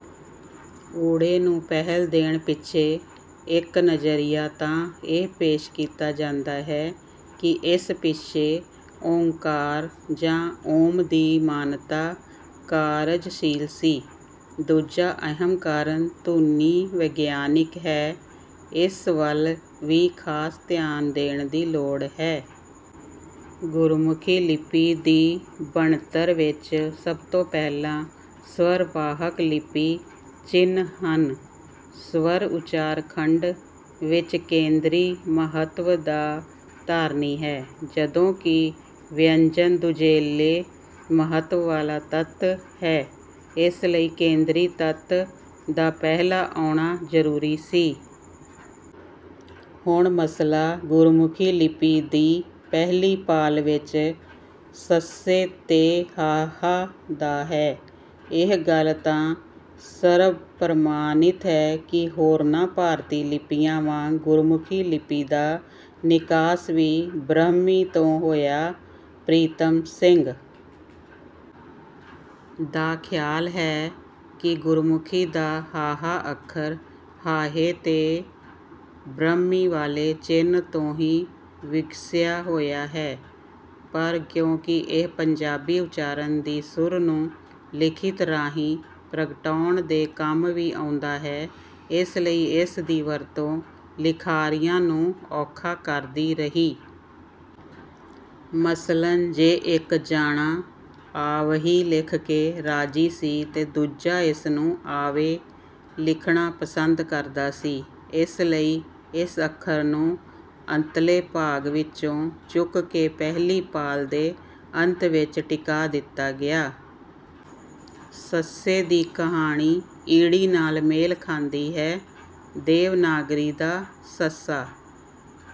'ਊੜੇ' ਨੂੰ ਪਹਿਲ ਦੇਣ ਪਿੱਛੇ ਇੱਕ ਨਜ਼ਰੀਆ ਤਾਂ ਇਹ ਪੇਸ਼ ਕੀਤਾ ਜਾਂਦਾ ਹੈ ਕਿ ਇਸ ਪਿੱਛੇ 'ਓਅੰਕਾਰ' ਜਾਂ 'ਓਮ' ਦੀ ਮਾਨਤਾ ਕਾਰਜਸ਼ੀਲ ਸੀ। ਦੂਜਾ ਅਹਿਮ ਕਾਰਨ ਧੁਨੀ-ਵਿਗਿਆਨਿਕ ਹੈ। ਇਸ ਵੱਲ ਵੀ ਖ਼ਾਸ ਧਿਆਨ ਦੇਣ ਦੀ ਲੋੜ ਹੈ। ਗੁਰਮੁਖੀ ਲਿਪੀ ਦੀ ਬਣਤਰ ਵਿੱਚ ਸਭ ਤੋਂ ਪਹਿਲਾਂ ਸ੍ਵਰ ਵਾਹਕ ਲਿਪੀ ਚਿੰਨ੍ਹ ਹਨ। ਸ੍ਵਰ ਉਚਾਰ-ਖੰਡ ਵਿੱਚ ਕੇਂਦਰੀ ਮਹੱਤਵ ਦਾ ਧਾਰਨੀ ਹੈ, ਜਦੋਂ ਕਿ ਵਿਅੰਜਨ ਦੁਜੈਲੇ ਮਹੱਤਵ ਵਾਲਾ ਤੱਤ ਹੈ। ਇਸ ਲਈ ਕੇਂਦਰੀ ਤੱਤ ਦਾ ਪਹਿਲਾਂ ਆਉਣਾ ਜ਼ਰੂਰੀ ਸੀ। ਹੁਣ ਮਸਲਾ ਗੁਰਮੁਖੀ ਲਿਪੀ ਦੀ ਪਹਿਲੀ ਪਾਲ ਵਿੱਚ 'ਸ' ਤੇ 'ਹ' ਦਾ ਹੈ। ਇਹ ਗੱਲ ਤਾਂ ਸਰਬਪ੍ਰਵਾਨਿਤ ਹੈ ਕਿ ਹੋਰਨਾਂ ਭਾਰਤੀ ਲਿਪੀਆਂ ਵਾਂਗ ਗੁਰਮੁਖੀ ਲਿਪੀ ਦਾ ਨਿਕਾਸ ਵੀ 'ਬ੍ਰਹਮੀ' ਤੋਂ ਹੋਇਆ। ਪ੍ਰੀਤਮ ਸਿੰਘ ਦਾ ਖ਼ਿਆਲ ਹੈ ਕਿ ਗੁਰਮੁਖੀ ਦਾ 'ਹ' ਅੱਖਰ 'ਹਾਹੇ' ਦੇ ਬ੍ਰਹਮੀ ਵਾਲੇ ਚਿੰਨ੍ਹ ਤੋਂ ਹੀ ਵਿਗਸਿਆ ਹੋਇਆ ਹੈ, ਪਰ ਕਿਉਂਕਿ ਇਹ ਪੰਜਾਬੀ ਉਚਾਰਨ ਦੀ ਸੁਰ ਨੂੰ ਲਿਖਤ ਰਾਹੀਂ ਪ੍ਰਗਟਾਉਣ ਦੇ ਕੰਮ ਵੀ ਆਉਂਦਾ ਹੈ, ਇਸ ਲਈ ਇਸ ਦੀ ਵਰਤੋਂ ਲਿਖਾਰੀਆਂ ਨੂੰ ਔਖਾ ਕਰਦੀ ਰਹੀ। ਮਸਲਨ ਜੇ ਇੱਕ ਜਾਣਾ 'ਅਵਹਿ' ਲਿਖ ਕੇ ਰਾਜ਼ੀ ਸੀ, ਤਾਂ ਦੂਜਾ ਇਸ ਨੂੰ 'ਆਵੈ' ਲਿਖਣਾ ਪਸੰਦ ਕਰਦਾ ਸੀ। ਇਸ ਲਈ ਇਸ ਅੱਖਰ ਨੂੰ ਅੰਤਲੇ ਭਾਗ ਵਿੱਚੋਂ ਚੁੱਕ ਕੇ ਪਹਿਲੀ ਪਾਲ ਦੇ ਅੰਤ ਵਿੱਚ ਟਿਕਾ ਦਿੱਤਾ ਗਿਆ। 'ਸੱਸੇ' ਦੀ ਕਹਾਣੀ ਈੜੀ ਨਾਲ ਮੇਲ ਖਾਂਦੀ ਹੈ। ਦੇਵਨਾਗਰੀ ਦਾ 'ਸ'